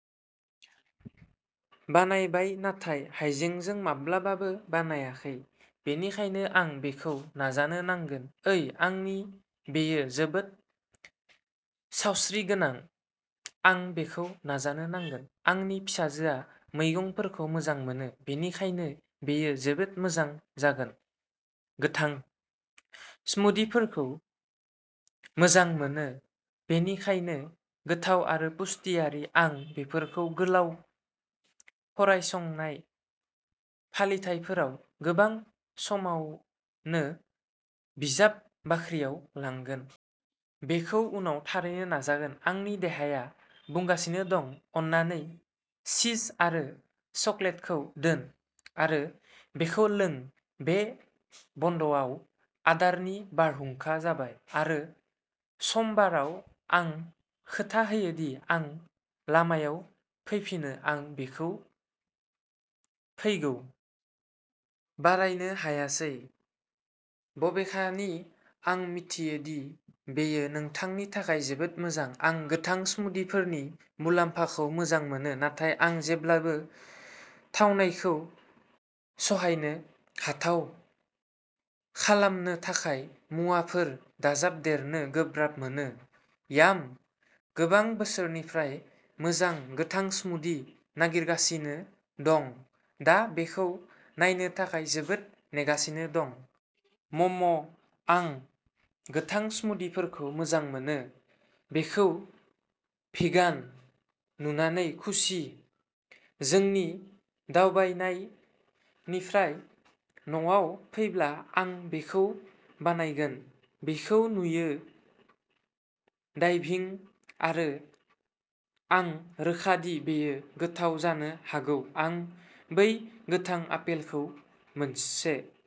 बानायबाय नाथाय हायजेंजों माब्लाबाबो बानायाखै बेनिखायनो आं बेखौ नाजानो नांगोन ओइ आंनि बेयो जोबोद सावस्रिगोनां आं बेखौ नाजानो नांगोन आंनि फिसाजोआ मैगंफोरखौ मोजां मोनो बेनिखायनो बेयो जोबोद मोजां जागोन गोथां स्मूदिफोरखौ मोजां मोनो बेनिखायनो गोथाव आरो पुष्टियारि आं बेफोरखौ गोलाव फरायसंनाय फालिथायफोराव गोबां समावनो बिजाब बाख्रियाव लांगोन। बेखौ उनाव थारैनो नाजागोन आंनि देहाया बुंगासिनो दं अन्नानै चिज आरो चकलेटखौ दोन आरो बेखौ लों बे बन्द'आव आदारनि बारहुंखा जाबाय आरो समबाराव आं खोथा होयो दि आं लामायाव फैफिनो आं बेखौ फैगौ बारायनो हायासै बबेखानि आं मिथियो दि बेयो नोंथांनि थाखाय जोबोद मोजां आं गोथां स्मूदिफोरनि मुलाम्फाखौ मोजां मोनो नाथाय आं जेब्लाबो थावनायखौ सहायनो हाथाव खालामनो थाखाय मुवाफोर दाजाबदेरनो गोब्राब मोनो याम गोबां बोसोरनिफ्राय मोजां गोथां स्मूदि नागिरगासिनो दं दा बेखौ नायनो थाखाय जोबोद नेगासिनो दं। म'म' आं गोथां स्मूदिफोरखौ मोजां मोनो। बेखौ भिगान नुनानै खुसि जोंनि दावबायनायनिफ्राय न'आव फैब्ला आं बेखौ बानायगोन बेखौ नुयो डाइभिं आरो आं रोखा दि बेयो गोथाव जानो हागौ आं बै गोथां आपेलखौ मोनसे